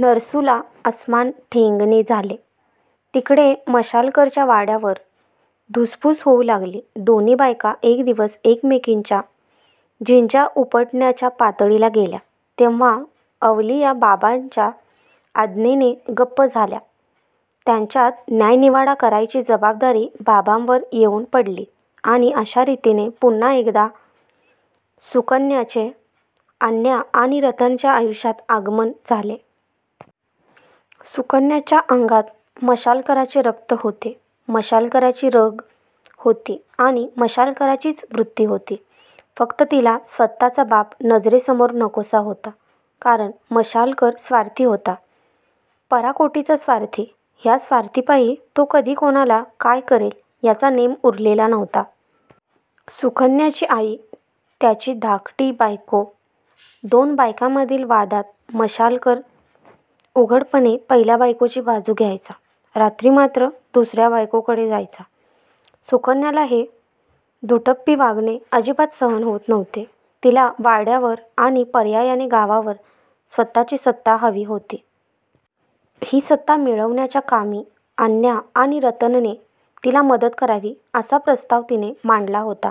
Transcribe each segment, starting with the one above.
नरसूला अस्मान ठेंगणे झाले. तिकडे मशालकरच्या वाड्यावर धुसफूस होऊ लागली. दोन्ही बायका एक दिवस एकमेकींच्या झिंज्या उपटण्याच्या पातळीला गेल्या तेव्हा अवलिया बाबांच्या आज्ञेने गप्प झाल्या. त्यांच्यात न्यायनिवाडा करायची जबाबदारी बाबांवर येऊन पडली. आणि अशा रीतीने, पुन्हा एकदा सुकन्याचे अन्या आणि रतनच्या आयुष्यात आगमन झाले. सुकन्याच्या अंगात मशालकराचे रक्त होते, मशालकराची रग होती आणि मशालकराचीच वृत्ती होती. फक्त तिला स्वतःचा बाप नजरेसमोर नकोसा होता. कारण मशालकर स्वार्थी होता. पराकोटीचा स्वार्थी. ह्या स्वार्थापायी तो कधी कोणाला काय करेल ह्याचा नेम उरलेला नव्हता. सुकन्याची आई त्याची धाकटी बायको. दोन बायकांमधील वादात मशालकर उघडपणे पहिल्या बायकोची बाजू घ्यायचा. रात्री मात्र दुसऱ्या बायकोकडे जायचा. सुकन्याला हे दुटप्पी वागणे अजिबात सहन होत नव्हते. तिला वाड्यावर आणि पर्यायाने गावावर स्वतःची सत्ता हवी होती. ही सत्ता मिळवण्याच्या कामी अन्या आणि रतनने तिला मदत करावी असा प्रस्ताव तिने मांडला होता.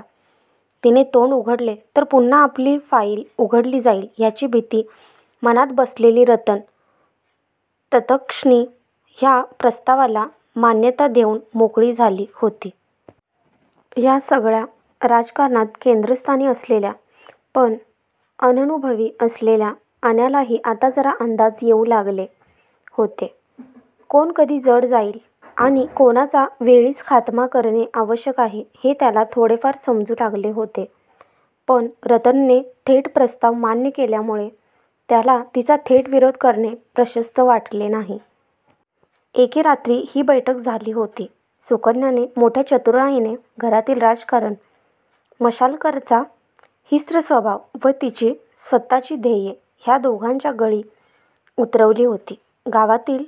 तिने तोंड उघडले तर पुन्हा आपली फाईल उघडली जाईल ह्याची भीती मनात बसलेली रतन तत्क्षणी ह्या प्रस्तावाला मान्यता देऊन मोकळी झाली होती. ह्या सगळ्या राजकारणात केंद्रस्थानी असलेल्या पण अननुभवी असलेल्या अन्यालाही आता जरा अंदाज येऊ लागले होते. कोण कधी जड जाईल आणि कोणाचा वेळीच खातमा करणे आवश्यक आहे हे त्याला थोडेफार समजू लागले होते. पण रतनने थेट प्रस्ताव मान्य केल्यामुळे त्याला तिचा थेट विरोध करणे प्रशस्त वाटले नाही. एके रात्री ही बैठक झाली होती. सुकन्याने मोठ्या चतुराईने घरातील राजकारण, मशालकरचा हिंस्त्र स्वभाव व तिची स्वतःची ध्येये ह्या दोघांच्या गळी उतरवली होती. गावातील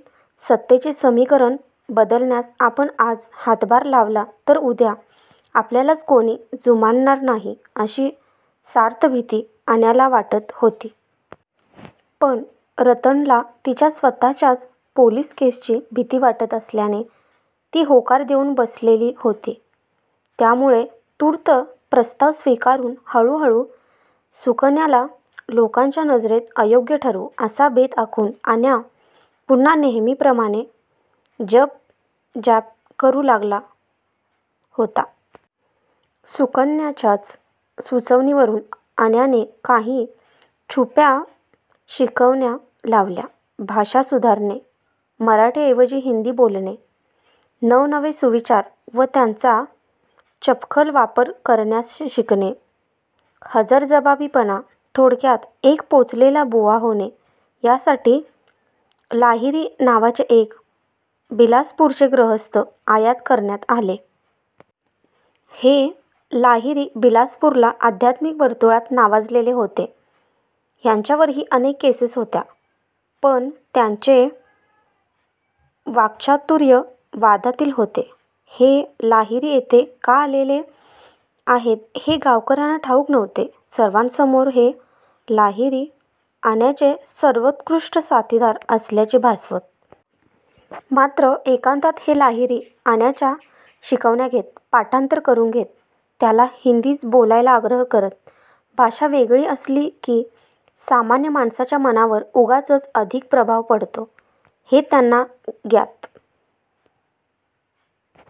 सत्तेचे समीकरण बदलण्यास आपण आज हातभार लावला तर उद्या आपल्यालाच कोणी जुमानणार नाही अशी सार्थ भीती अन्याला वाटत होती. पण रतनला तिच्या स्वतःच्याच पोलिस केसची भीती वाटत असल्याने ती होकार देऊन बसलेली होती. त्यामुळे तूर्त प्रस्ताव स्वीकारून हळूहळू सुकन्याला लोकांच्या नजरेत अयोग्य ठरवू असा बेत आखून अन्या पुन्हा नेहमीप्रमाणे जपजाप्य करू लागला होता. सुकन्याच्याच सुचवणीवरून अन्याने काही छुप्या शिकवण्या लावल्या. भाषा सुधारणे, मराठीऐवजी हिंदी बोलणे, नवनवे सुविचार व त्यांचा चपखल वापर करण्यास शिकणे, हजरजबाबीपणा, थोडक्यात एक पोचलेला बुवा होणे ह्यासाठी लाहिरी नावाचे एक बिलासपूरचे गृहस्थ आयात करण्यात आले. हे लाहिरी बिलासपूरला अध्यात्मिक वर्तुळात नावाजलेले होते. ह्यांच्यावरही अनेक केसेस होत्या. पण त्यांचे वाक्चातुर्य वादातीत होते. हे लाहिरी येथे का आलेले आहेत हे गावकऱ्यांना ठाऊक नव्हते. सर्वांसमोर हे लाहिरी अन्याचे सर्वोत्कृष्ट साथीदार असल्याचे भासवत. मात्र एकांतात हे लाहिरी अन्याच्या शिकवण्या घेत. पाठांतर करून घेत. त्याला हिंदीच बोलायचा आग्रह करत. भाषा वेगळी असली की सामान्य माणसाच्या मनावर उगाचच अधिक प्रभाव पडतो हे त्यांना ज्ञात